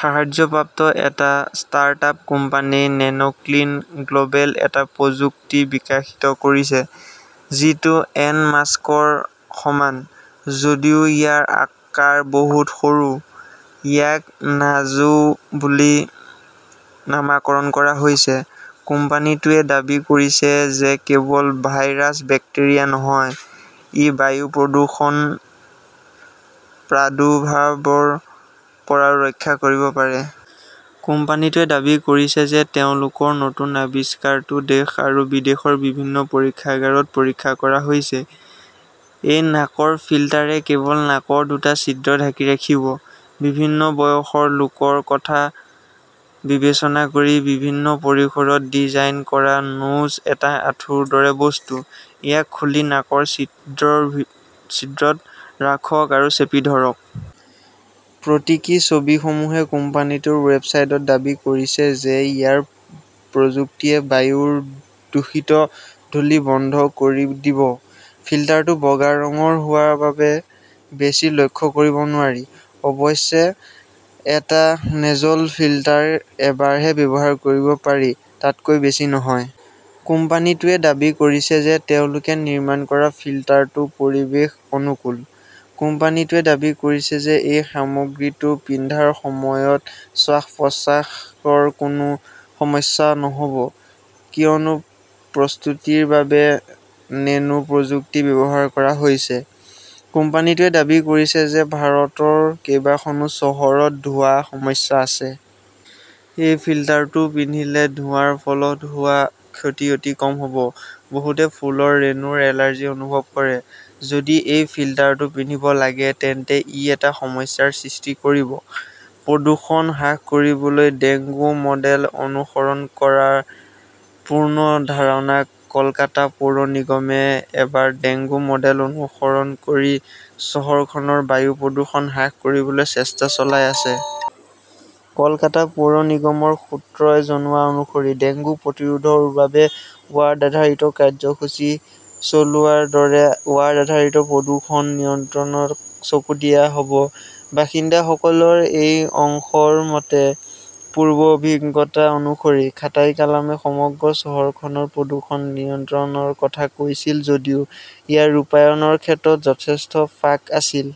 সাহায্যপ্ৰাপ্ত এটা startup company Nanoclean Global এটা প্ৰযুক্তি বিকাশিত কৰিছে, যিটো এন- মাস্কৰ সমান, যদিও ইয়াৰ আকাৰ বহুত সৰু। ইয়াক নাজো‌ বুলি নামাকৰণ কৰা হৈছে। কোম্পানীটোৱে দাবী কৰিছে যে কেৱল ভাইৰাছ-বেক্টেৰিয়াই নহয়, ই বায়ু প্ৰদূষণ প্ৰাদুৰ্ভাৱৰ পৰাও ৰক্ষা কৰিব পাৰে। কোম্পানীটোৱে দাবী কৰিছে যে তেওঁলোকৰ নতুন আৱিষ্কাৰটো দেশ আৰু বিদেশৰ বিভিন্ন পৰীক্ষাগাৰত পৰীক্ষা কৰা হৈছে। এই নাকৰ ফিল্টাৰে কেৱল নাকৰ দুটা ছিদ্ৰ ঢাকি ৰাখিব। বিভিন্ন বয়সৰ লোকৰ কথা বিবেচনা কৰি বিভিন্ন পৰিসৰত ডিজাইন কৰা নজ এটা আঠুৰ দৰে বস্তু, ইয়াক খুলি নাকৰ ছিদ্ৰৰ ভি ছিদ্ৰত ৰাখক আৰু চেপি ধৰক। প্ৰতীকী ছবিসমূহে কোম্পানীটোৰ ৱেবছাইটত দাবী কৰিছে যে ইয়াৰ প্ৰযুক্তিয়ে বায়ুৰ দূষিত ধূলি বন্ধ কৰি দিব। ফিল্টাৰটো বগা ৰঙৰ হোৱাৰ বাবে বেছি লক্ষ্য কৰিব নোৱাৰি। অৱশ্যে, এটা নেজল ফিল্টাৰ এবাৰহে ব্যৱহাৰ কৰিব পাৰি, তাতকৈ বেছি নহয়। কোম্পানীটোৱে দাবী কৰিছে যে তেওঁলোকে নিৰ্মাণ কৰা ফিল্টাৰটো পৰিৱেশ অনুকূল। কোম্পানীটোৱে দাবী কৰিছে যে এই সামগ্ৰীটো পিন্ধাৰ সময়ত শ্বাস-প্ৰশ্বাসৰ কোনো সমস্যা নহ 'ব কিয়নো প্ৰস্তুতিৰ বাবে নেনো প্ৰযুক্তি ব্যৱহাৰ কৰা হৈছে। কোম্পানীটোৱে দাবী কৰিছে যে ভাৰতৰ কেইবাখনো চহৰত ধোঁৱাৰ সমস্যা আছে। এই ফিল্টাৰটো পিন্ধিলে ধোঁৱাৰ ফলত হোৱা ক্ষতি অতি কম হ'ব। বহুতে ফুলৰ ৰেনোৰ এলাৰ্জি অনুভৱ কৰে। যদি এই ফিল্টাৰটো পিন্ধিব লাগে তেন্তে ই এটা সমস্যাৰ সৃষ্টি কৰিব। প্ৰদূষণ হ্ৰাস কৰিবলৈ ডেংগু-মডেল অনুসৰণ কৰাৰ পূৰ্ণ ধাৰণা কলকাতা পৌৰ নিগমে এইবাৰ ডেংগু মডেল অনুসৰণ কৰি চহৰখনৰ বায়ু প্ৰদূষণ হ্ৰাস কৰিবলৈ চেষ্টা চলাই আছে। কলকাতা পৌৰ নিগমৰ সূত্ৰই জনোৱা অনুসৰি ডেংগু প্ৰতিৰোধৰ বাবে ৱাৰ্ড-আধাৰিত কাৰ্যসূচী চলোৱাৰ দৰে ৱাৰ্ড-আধাৰিত প্ৰদূষণ নিয়ন্ত্ৰণৰ চকু দিয়া হ'ব। বাসিন্দাসকলৰ এটা অংশৰ মতে, পূৰ্বৰ অভিজ্ঞতা অনুসৰি, খাতাইকালমে সমগ্ৰ চহৰখনৰ প্ৰদূষণ নিয়ন্ত্ৰণৰ কথা কৈছিল যদিও ইয়াৰ ৰূপায়ণৰ ক্ষেত্ৰত যথেষ্ট ফাঁক আছিল।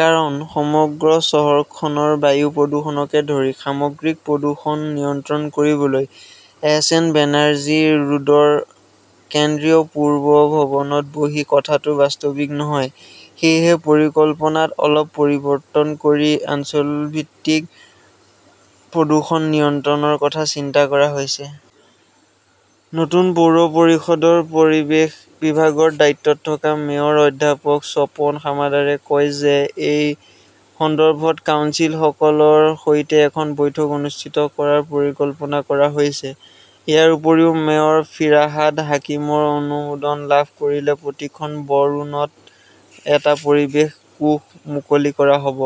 কাৰণ, সমগ্ৰ চহৰখনৰ বায়ু প্ৰদূষণকে ধৰি সামগ্ৰিক প্ৰদূষণ নিয়ন্ত্ৰণ কৰিবলৈ এছ. এন. বেনাৰ্জী ৰোডৰ কেন্দ্ৰীয় পূৰ্ব ভৱনত বহি থকাটো বাস্তৱিক নহয়। সেয়েহে পৰিকল্পনাত অলপ পৰিৱৰ্তন কৰি অঞ্চলভিত্তিক প্ৰদূষণ নিয়ন্ত্ৰণৰ কথা চিন্তা কৰা হৈছে। নতুন পৌৰ পৰিষদৰ পৰিৱেশ বিভাগৰ দায়িত্বত থকা মেয়ৰ অধ্যাপক স্বপন সামাদৰে কয় যে এই সন্দৰ্ভত কাউন্সিলৰসকলৰ সৈতে এখন বৈঠক অনুষ্ঠিত কৰাৰ পৰিকল্পনা কৰা হৈছে। ইয়াৰ উপৰিও মেয়ৰ ফিৰহাদ হাকিমৰ অনুমোদন লাভ কৰিলে প্ৰতিখন বৰোণত এটা পৰিৱেশ কোষ মুকলি কৰা হ'ব।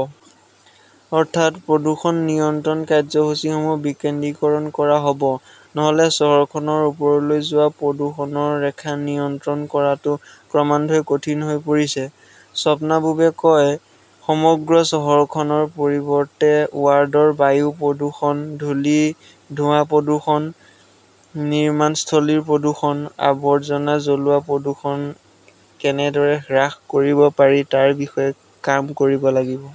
অৰ্থাৎ, প্ৰদূষণ নিয়ন্ত্ৰণ কাৰ্যসূচীসমূহ বিকেন্দ্ৰীকৰণ কৰা হ'ব। নহ'লে চহৰখনৰ ওপৰলৈ যোৱা প্ৰদূষণৰ ৰেখা নিয়ন্ত্ৰণ কৰাটো ক্ৰমান্বয়ে কঠিন হৈ পৰিছে। স্বপ্নাবুবে কয়, সমগ্ৰ চহৰখনৰ পৰিৱৰ্তে ৱাৰ্ডৰ বায়ু প্ৰদূষণ, ধূলি-ধোঁৱা প্ৰদূষণ, নিৰ্মাণস্থলীৰ প্ৰদূষণ, আৱৰ্জনা জ্বলোৱা প্ৰদূষণ কেনেদৰে হ্ৰাস কৰিব পাৰি তাৰ বিষয়ে কাম কৰিব লাগিব।